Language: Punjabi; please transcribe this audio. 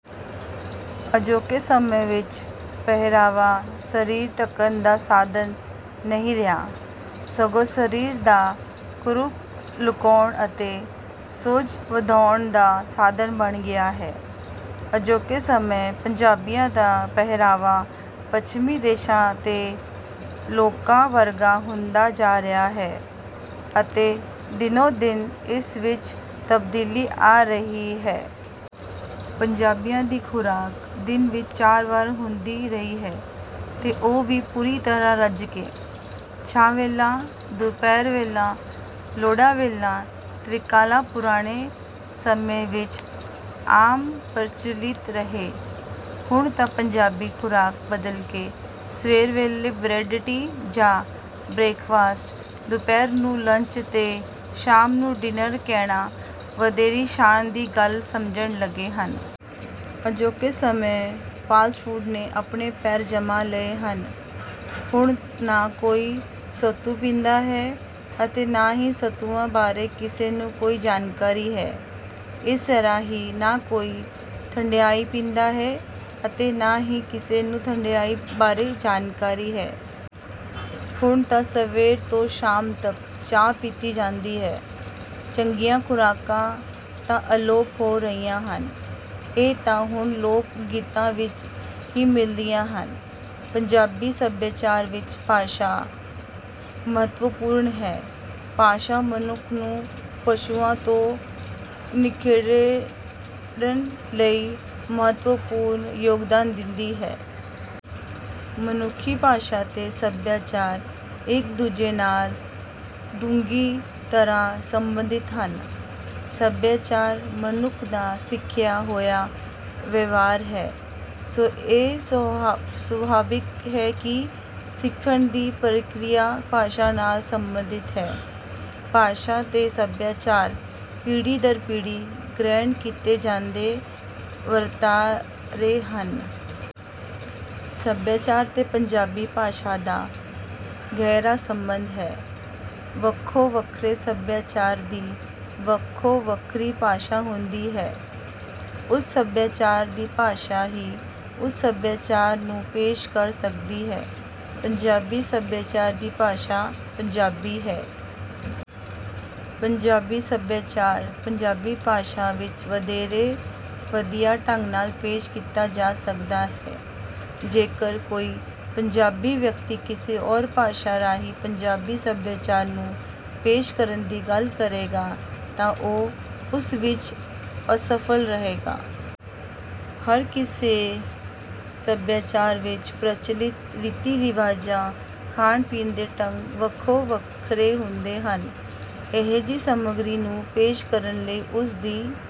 ਅਜੋਕੇ ਸਮੇਂ ਵਿੱਚ ਪਹਿਰਾਵਾ ਸਰੀਰ ਢਕਣ ਦਾ ਸਾਧਨ ਨਹੀਂ ਰਿਹਾ, ਸਗੋਂ ਸਰੀਰ ਦਾ ਕੁਰੂਪ ਲੁਕਾਉਣ ਅਤੇ ਸੁਹਜ ਵਧਾਉਣ ਦਾ ਸਾਧਨ ਬਣ ਗਿਆ ਹੈ। ਅਜੋਕੇ ਸਮੇਂ ਪੰਜਾਬੀਆਂ ਦਾ ਪਹਿਰਾਵਾ ਪੱਛਮੀ ਦੇਸ਼ਾਂ ਦੇ ਲੋਕਾਂ ਵਰਗਾ ਹੁੰਦਾ ਜਾ ਰਿਹਾ ਹੈ, ਅਤੇ ਦਿਨੋਂ-ਦਿਨ ਇਸ ਵਿੱਚ ਤਬਦੀਲੀ ਆ ਰਹੀ ਹੈ। ਪੰਜਾਬੀਆਂ ਦੀ ਖੁਰਾਕ ਦਿਨ ਵਿੱਚ ਚਾਰ ਵਾਰ ਹੁੰਦੀ ਰਹੀ ਹੈ, ਤੇ ਉਹ ਵੀ ਪੂਰੀ ਤਰ੍ਹਾਂ ਰੱਜ ਕੇ। ਛਾਹ ਵੇਲਾ, ਦੁਪਹਿਰ ਵੇਲਾ, ਲੋਢਾ ਵੇਲਾ, ਤ੍ਰਿਕਾਲਾਂ ਪੁਰਾਣੇ ਸਮੇਂ ਵਿੱਚ ਆਮ ਪ੍ਰਚੱਲਿਤ ਰਹੇ। ਹੁਣ ਤਾਂ ਪੰਜਾਬੀ ਖੁਰਾਕ ਬਦਲ ਕੇ ਸਵੇਰ ਵੇਲੇ ਬਰੈੱਡ-ਟੀ ਜਾਂ ਬਰੇਕਫਾਸਟ, ਦੁਪਹਿਰ ਨੂੰ ਲੰਚ ਤੇ ਸ਼ਾਮ ਨੂੰ ਡਿੱਨਰ ਕਹਿਣਾ ਵਧੇਰੇ ਸ਼ਾਨ ਦੀ ਗੱਲ ਸਮਝਣ ਲੱਗੇ ਹਨ। ਅਜੋਕੇ ਸਮੇਂ ਫਾਸਟ ਫੂਡ ਨੇ ਆਪਣੇ ਪੈਰ ਜਮਾ ਲਏ ਹਨ। ਹੁਣ ਨਾ ਕੋਈ ਸੱਤੂ ਪੀਂਦਾ ਹੈ ਅਤੇ ਨਾ ਹੀ ਸੱਤੂਆਂ ਬਾਰੇ ਕਿਸੇ ਨੂੰ ਕੋਈ ਜਾਣਕਾਰੀ ਹੈ। ਇਸ ਤਰ੍ਹਾਂ ਹੀ ਨਾ ਕੋਈ ਠੰਢਿਆਈ ਪੀਂਦਾ ਹੈ ਅਤੇ ਨਾ ਹੀ ਕਿਸੇ ਨੂੰ ਠੰਢਿਆਈ ਬਾਰੇ ਜਾਣਕਾਰੀ ਹੈ। ਹੁਣ ਤਾਂ ਸਵੇਰ ਤੋਂ ਸ਼ਾਮ ਤੱਕ ਚਾਹ ਪੀਤੀ ਜਾਂਦੀ ਹੈ। ਚੰਗੀਆਂ ਖੁਰਾਕਾਂ ਤਾਂ ਅਲੋਪ ਹੋ ਰਹੀਆਂ ਹਨ, ਇਹ ਤਾਂ ਹੁਣ ਲੋਕ-ਗੀਤਾਂ ਵਿੱਚ ਹੀ ਮਿਲਦੀਆਂ ਹਨ। ਪੰਜਾਬੀ ਸਭਿਆਚਾਰ ਵਿੱਚ ਭਾਸ਼ਾ ਮਹੱਤਵਪੂਰਨ ਹੈ। ਭਾਸ਼ਾ ਮਨੁੱਖ ਨੂੰ ਪਸ਼ੂਆਂ ਤੋਂ ਨਿਖੇੜਨ ਲਈ ਮਹੱਤਵਪੂਰਨ ਯੋਗਦਾਨ ਦਿੰਦੀ ਹੈ। ਮਨੁੱਖੀ ਭਾਸ਼ਾ ਤੇ ਸਭਿਆਚਾਰ ਇੱਕ-ਦੂਜੇ ਨਾਲ ਡੂੰਘੀ ਤਰ੍ਹਾਂ ਸੰਬੰਧਿਤ ਹਨ। ਸਭਿਆਚਾਰ ਮਨੁੱਖ ਦਾ ਸਿੱਖਿਆ ਹੋਇਆ ਵਿਵਹਾਰ ਹੈ, ਸੋ ਇਹ ਸੁਭਾਵਿਕ ਹੀ ਹੈ ਕਿ ਸਿੱਖਣ ਦੀ ਪ੍ਰਕਿਰਿਆ ਭਾਸ਼ਾ ਨਾਲ ਸੰਬੰਧਿਤ ਹੈ। ਭਾਸ਼ਾ ਤੇ ਸਭਿਆਚਾਰ ਪੀੜ੍ਹੀ ਦਰ ਪੀੜ੍ਹੀ ਗ੍ਰਹਿਣ ਕੀਤੇ ਜਾਂਦੇ ਵਰਤਾਰੇ ਹਨ। ਸਭਿਆਚਾਰ ਤੇ ਪੰਜਾਬੀ ਭਾਸ਼ਾ ਦਾ ਗਹਿਰਾ ਸੰਬੰਧ ਹੈ। ਵੱਖੋ-ਵੱਖਰੇ ਸਭਿਆਚਾਰ ਦੀ ਵੱਖੋ-ਵੱਖਰੀ ਭਾਸ਼ਾ ਹੁੰਦੀ ਹੈ। ਉਸ ਸਭਿਆਚਾਰ ਦੀ ਭਾਸ਼ਾ ਹੀ ਉਸ ਸਭਿਆਚਾਰ ਨੂੰ ਪੇਸ਼ ਕਰ ਸਕਦੀ ਹੈ। ਪੰਜਾਬੀ ਸਭਿਆਚਾਰ ਦੀ ਭਾਸ਼ਾ ਪੰਜਾਬੀ ਹੈ। ਪੰਜਾਬੀ ਸਭਿਆਚਾਰ ਪੰਜਾਬੀ ਭਾਸ਼ਾ ਵਿੱਚ ਵਧੇਰੇ ਵਧੀਆ ਢੰਗ ਨਾਲ ਪੇਸ਼ ਕੀਤਾ ਜਾ ਸਕਦਾ ਹੈ। ਜੇਕਰ ਕੋਈ ਪੰਜਾਬੀ ਵਿਅਕਤੀ ਕਿਸੇ ਹੋਰ ਭਾਸ਼ਾ ਰਾਹੀਂ ਪੰਜਾਬੀ ਸਭਿਆਚਾਰ ਨੂੰ ਪੇਸ਼ ਕਰਨ ਦੀ ਗੱਲ ਕਰੇਗਾ, ਤਾਂ ਓ ਉਸ ਵਿੱਚ ਅਸਫਲ ਰਹੇਗਾ। ਹਰ ਕਿਸੇ ਸਭਿਆਚਾਰ ਵਿੱਚ ਪ੍ਰਚਲਿਤ ਰੀਤੀ-ਰਿਵਾਜਾਂ, ਖਾਣ-ਪੀਣ ਦੇ ਢੰਗ ਵੱਖੋ-ਵੱਖਰੇ ਹੁੰਦੇ ਹਨ। ਅਜਿਹੀ ਸਮੱਗਰੀ ਨੂੰ ਪੇਸ਼ ਕਰਨ ਲਈ ਉਸ ਦੀ